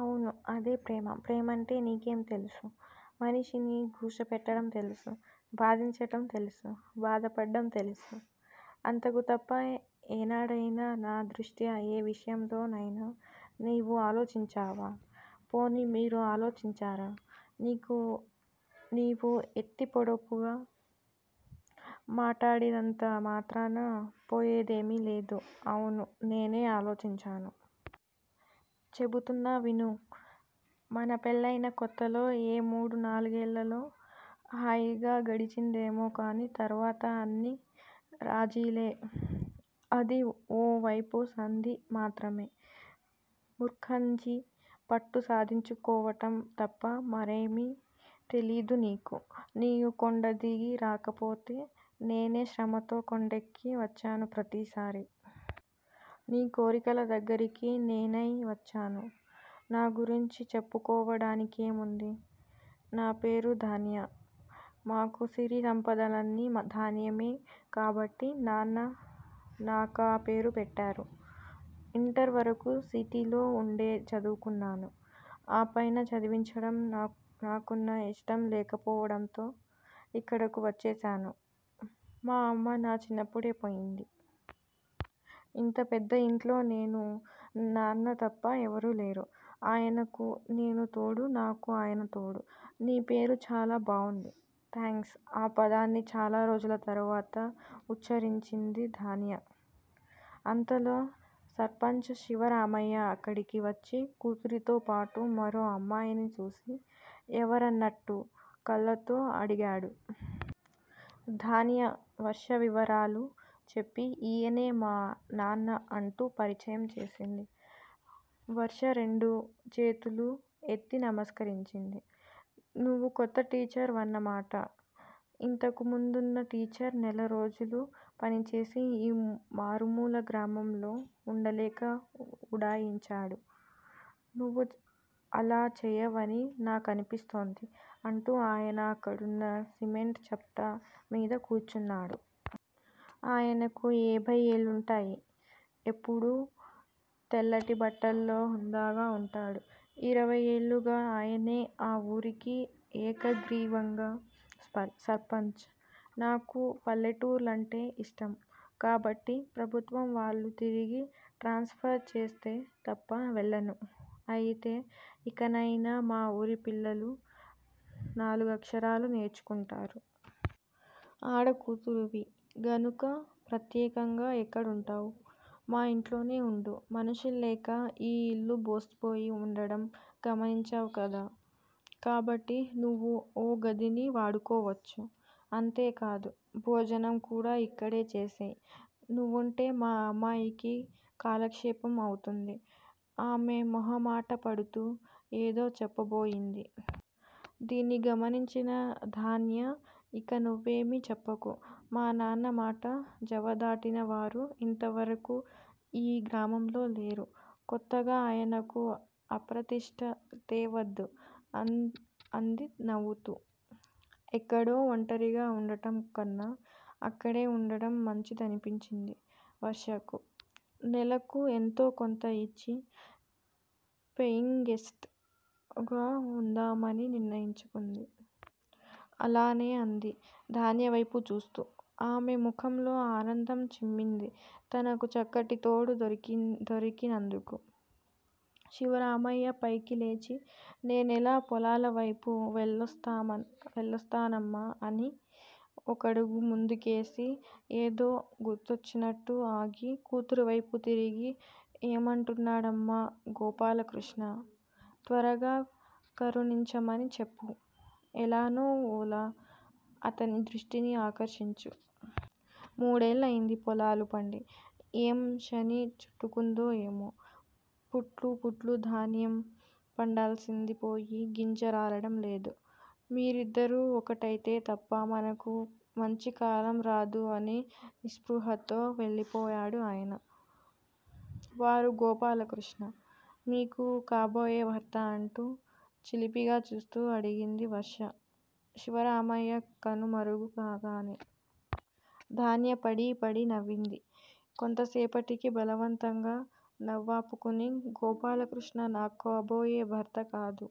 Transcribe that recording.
అవును, అదే ప్రేమ-- ప్రేమంటే నీకేం తెలుసు? మనిషిని ఘోష పెట్టడం తెలుసు? బాధించటం తెలుసు, బాధపడ్డం తెలుసు. అంతకు తప్ప ఏనాడయినా నా దృష్ట్యా ఏ విషయంలో నైనా నీవు ఆలోచించావా? పోనీ మీరు ఆలోచించారా? నీవు ఎత్తి పొడుపుగా మాటాడినంత మాత్రాన పోయేదేమీలేదు అవును నేనే ఆలోచించాను. చెబుతున్నా విను. మన పెళ్ళయిన కొత్తలో ఏ మూడు నాలుగేల్లో హాయిగా గడిచిందేమో కాని తర్వాత అన్ని రాజీలే-- అది ఓ వైపు సంధి మాత్రమే. ముర్ఖంచి పట్టు సాధించుకోవటం తప్ప మరేమీ తెలీదు నీకు. నీవు కొండ దిగి రాకపోతే నేనే శ్రమతో కొండెక్కి వచ్చాను ప్రతిసారి. నీ కోరికల దగ్గరికి నేనై వచ్చాను. నా గురించి చెప్పుకోవడానికేముంది? నాపేరు ధాన్య. మాకు సిరి సంపదలన్నీ ధాన్యమే కాబట్టి నాన్న నాకా పేరు పెట్టారు. ఇంటర్ వరకు సిటీలో వుండే చదువుకున్నాను. ఆపైన చదివించడం నాకు ఇష్టం లేకపోవడంతో ఇక్కడకు వచ్చేశాను. మా అమ్మ నా చిన్నప్పుడే పోయింది. ఇంత పెద్ద ఇంట్లో నేనూ నాన్న తప్ప ఎవరూ లేరు. ఆయనకు నేను తోడు, నాకు ఆయన తోడు. నీ పేరు చాలా బావుంది. థాంక్స్ ఆ పదాన్ని చాలారోజుల తరువాత ఉచ్ఛరించింది ధాన్య. అంతలో సర్పంచ్ శివరామయ్య అక్కడికి వచ్చి కూతురితోపాటు మరో అమ్మాయిని చూసి, ఎవరన్నట్టు కళ్ళతో అడిగాడు. ధాన్య వర్ష వివరాలు చెప్పి ఈయనే మా నాన్న అంటూ పరిచయం చేసింది. వర్ష రెండు చేతులూ ఎత్తి నమస్కరించింది. నువ్వు కొత్త టీచర్ వన్న మాట. ఇంతకు ముందున్న టీచర్ నెలరోజులు పనిచేసి ఈ మారుమూల గ్రామంలో వుండలేక ఉడాయించాడు. నువ్వు అలా చెయ్యవని నాకనిపిస్తోంది అంటూ ఆయన అక్కడున్న సిమెంట్ చప్టా మీద కూర్చున్నాడు. ఆయనకు ఏభై ఏళ్ళుంటాయి. ఎప్పుడూ తెల్లటి బట్టల్లో హుందాగా వుంటాడు. ఇరవై ఏళ్ళుగా ఆయనే ఆ వూరికి ఏకగ్రీవంగా సర్పంచ్. నాకు పల్లెటూర్లంటే ఇష్టం. కాబట్టి ప్రభుత్వం వాళ్ళు తిరిగి ట్రాన్స్ ఫర్ చేస్తే తప్ప వెళ్ళను. అయితే ఇకనయినా మా ఊరి పిల్లలు నాలుగక్షరాలు నేర్చుకుంటారు. ఆడకూతురివి గనుక ప్రత్యేకంగా ఎక్కడుంటావ్? మా ఇంట్లోనే వుండు. మనుషుల్లేక ఈ ఇల్లు బోసిపోయి వుండడం గమనించావ్ కదా. కాబట్టి నువ్వు ఓగదిని వాడుకోవచ్చు. అంతే కాదు. భోజనం కూడా ఇక్కడే చేసెయ్. నువ్వుంటే మా అమ్మాయికీ కాలక్షేపం అవుతుంది. ఆమె మొహమాటపడతూ ఏదో చెప్పబోయింది. దీన్ని గమనించిన ధాన్య ఇక నువ్వేమీ చెప్పకు. మా నాన్న మాట జవదాటినవారు ఇంతవరకూ ఈ గ్రామంలో లేరు. కొత్తగా ఆయనకు అప్రతిష్ట తేవద్దు అంది నవ్వుతూ. ఎక్కడో ఒంటరిగా వుండటం కన్నా అక్కడే వుండడం మంచిదనిపించింది. వర్షకు. నెలకు ఎంతో కొంత ఇచ్చి పెయింగ్ గెస్ట్ లా వుందామని నిర్ణయించుకుంది. అలానే అంది ధాన్యవైపు చూస్తూ. ఆమె ముఖంలో ఆనందం చిమ్మింది, తనకు చక్కటి తోడు దొరికి నందుకు. శివరామయ్య పైకి లేచి నేనలా పొలాలవైపు వెళ్ళొస్తానమ్మా అని ఒకడుగు ముందుకేసి ఏదో గుర్తొచ్చినట్టు ఆగి కూతురివైపు తిరిగి ఏమంటున్నాడమ్మా గోపాలకృష్ణ? త్వరగా కరుణించమణి చెప్పు. ఎలానో ఓలా అతని దృష్టిని ఆకర్షించు. మూడేళ్ళయింది పొలాలు పండి. ఏం శని చుట్టుకుందో ఏమో? పుట్లు పుట్లు ధాన్యం పండాల్సింది పోయి గింజ రాలడం లేదు. మీరిద్దరూ ఒకటైతే తప్ప మనకు మంచికాలం రాదు అని నిస్పృహతో వెళ్ళిపోయాడు ఆయన. వారు గోపాలకృష్ణ? మీకు కాబోయే భర్తా అంటూ చిలిపిగా చూస్తూ అడిగింది వర్ష శివరామయ్య కనుమరుగు కాగానే. ధాన్య పడీ పడీ నవ్వింది. కొంతసేపటికి బలవంతంగా నవ్వాపూకుని గోపాలకృష్ణ నాక్కాబోయే భర్త కాదు.